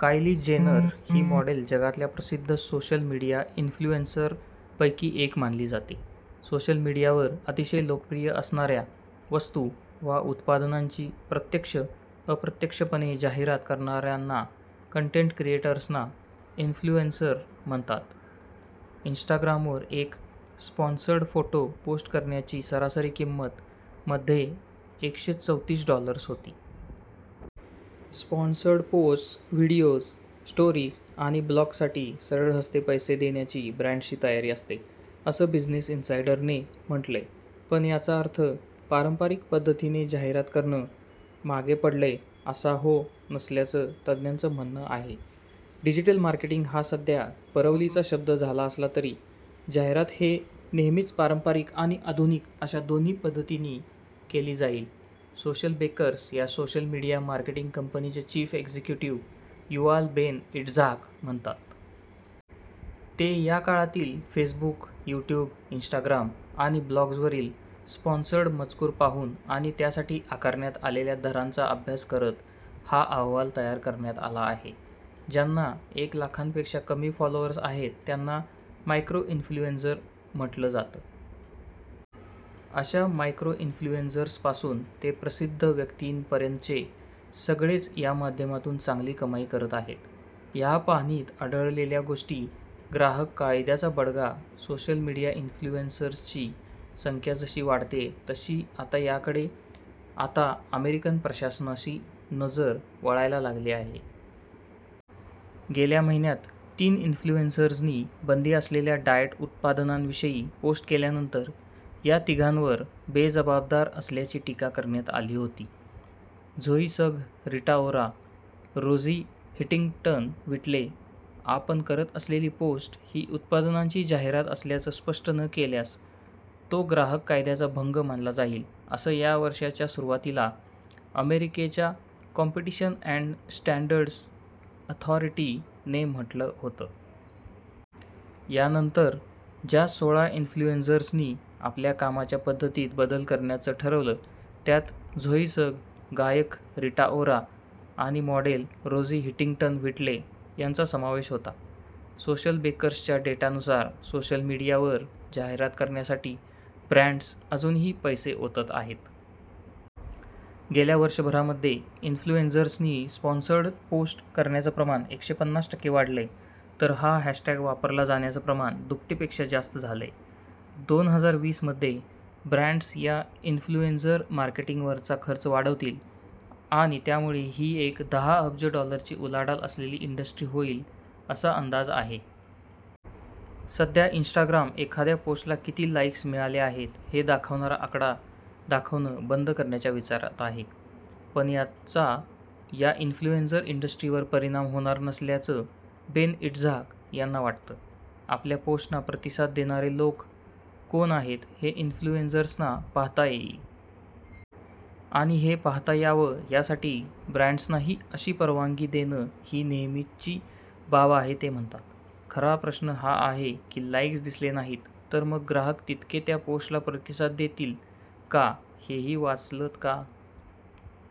कायली Jenner ही model जगातल्या प्रसिद्ध सोशल मीडिया एन्फ्लुएन्सर पैकी एक मानली जाते. सोशल मीडियावर अतिशय लोकप्रिय असणाऱ्या, वस्तू वा उत्पादनांची प्रत्यक्ष-अप्रत्यक्षपणे जाहिरात करणाऱ्यांना कन्टेन्ट क्रिएटर्सना 'इन्फ्लुएन्सर' म्हणतात. इन्स्टाग्रामवर एक 'स्पॉन्सर्ड' फोटो पोस्ट करण्यासाठीची सरासरी किंमत मध्ये एकशे चौतीस डॉलर्स होती. स्पॉन्सर्ड पोस्ट्स, व्हिडिओज, स्टोरीज आणि ब्लॉग्ससाठी सढळहस्ते पैसे देण्याची ब्रॅण्ड्सची तयारी असते असं बिझनेस इनसायडरने म्हटलंय. पण याचा अर्थ पारंपरिक पद्धतीने जाहिरात करणं मागे पडलंय असा हो नसल्याचं तज्ज्ञांचं म्हणणं आहे. डिजिटल मार्केटिंग हा सध्या परवलीचा शब्द झाला असला तरी जाहिरात हे नेहमीच पारंपरिक आणि आधुनिक अशा दोन्ही पद्धतींनी केली जाईल सोशलबेकर्स या सोशल मीडिया मार्केटिंग कंपनीचे chief executive Yuval Ben Itzhak म्हणतात. ते या काळातील फेसबुक, युट्यूब, इन्स्टाग्राम आणि ब्लॉग्सवरील स्पॉन्सर्ड मजकूर पाहून आणि त्यासाठी आकारण्यात आलेल्या दरांचा अभ्यास करत हा अहवाल तयार करण्यात आला आहे. ज्यांना एक लाखांपेक्षा कमी फॉलोअर्स आहेत, त्यांना 'मायक्रो इन्फ्लुएन्सर' म्हटलं जातं. अशा मायक्रो इन्फ्लुएन्सर्सपासून ते प्रसिद्ध व्यक्तींपर्यंतचे सगळेच या माध्यमातून चांगली कमाई करत आहेत. या पाहणीत आढळलेल्या गोष्टी ग्राहक कायद्याचा बडगा सोशल मीडिया इन्फ्लुएन्सर्सची संख्या जशी वाढतेय तशी आता याकडे आता अमेरिकन प्रशासनाची नजर वळायला लागलेली आहे. गेल्या महिन्यात तीन इन्फ्लुएन्सर्सनी बंदी असलेल्या डाएट उत्पादनांविषयी पोस्ट केल्यानंतर या तिघांवर बेजबाबदार असल्याची टीका करण्यात आली होती. झोई सग, रिटा ओरा, रोझी हंटिंग्टन-व्हिटले आपण करत असलेली पोस्ट ही उत्पादनांची जाहिरात असल्याचं स्पष्ट न केल्यास तो ग्राहक कायद्याचा भंग मानला जाईल असं या वर्षाच्या सुरुवातीला अमेरिकेच्या 'कॉम्पिटिशन अॅण्ड स्टॅण्डर्डस अथॉरिटी'ने म्हटलं होतं. यानंतर ज्या सोळा इन्फ्लुएन्सर्सनी आपल्या कामाच्या पद्धतीत बदल करण्याचं ठरवलं त्यात झोई सग, गायिका रिटा ओरा आणि मॉडेल रोझी हंटिंग्टन-व्हिटले यांचा समावेश होता. सोशलबेकर्सच्या डेटानुसार सोशल मीडियावर जाहिरात करण्यासाठी ब्रॅण्ड्स अजूनही पैसे ओतत आहेत. गेल्या वर्षभरामध्ये इन्फ्लुएनर्ससी स्पॉन्सर्ड पोस्ट करण्याचं प्रमाण एकशे पन्नास टक्के वाढलंय तर हा हॅशटॅग वापरला जाण्याचं प्रमाण दुप्पटीपेक्षा जास्त झालंय. दोन हजार वीस मध्ये ब्रँण्डस या इन्फ्लुएन्सर मार्केटिंगवरचा खर्च वाढवतील आणि त्यामुळे ही एक दहा अब्ज डॉलर्सची उलाढाल असलेली इंडस्ट्री होईल असा अंदाज आहे. सध्या इन्स्टाग्राम एखाद्या पोस्टला किती 'लाईक्स' मिळाले आहेत हे दाखवणारा आकडा दाखवणं बंद करण्याच्या विचारात आहे. पण याचा या इन्फ्लुएन्सर इंडस्ट्रीवर परिणाम होणार नसल्याचं बेन इट्झाक यांना वाटतं. आपल्या पोस्टना प्रतिसाद देणारे लोक कोण आहेत हे इन्फ्लुएन्सर्सना पाहता येईल. आणि हे पाहता यावं यासाठी ब्रॅण्डसनाही अशी परवानगी देणं ही नेहमीची बाब आहे ते म्हणतात. खरा प्रश्न हा आहे की लाईक्स दिसले नाहीत तर मग ग्राहक तितके त्या पोस्टला प्रतिसाद देतील का हेही वाचलंत का?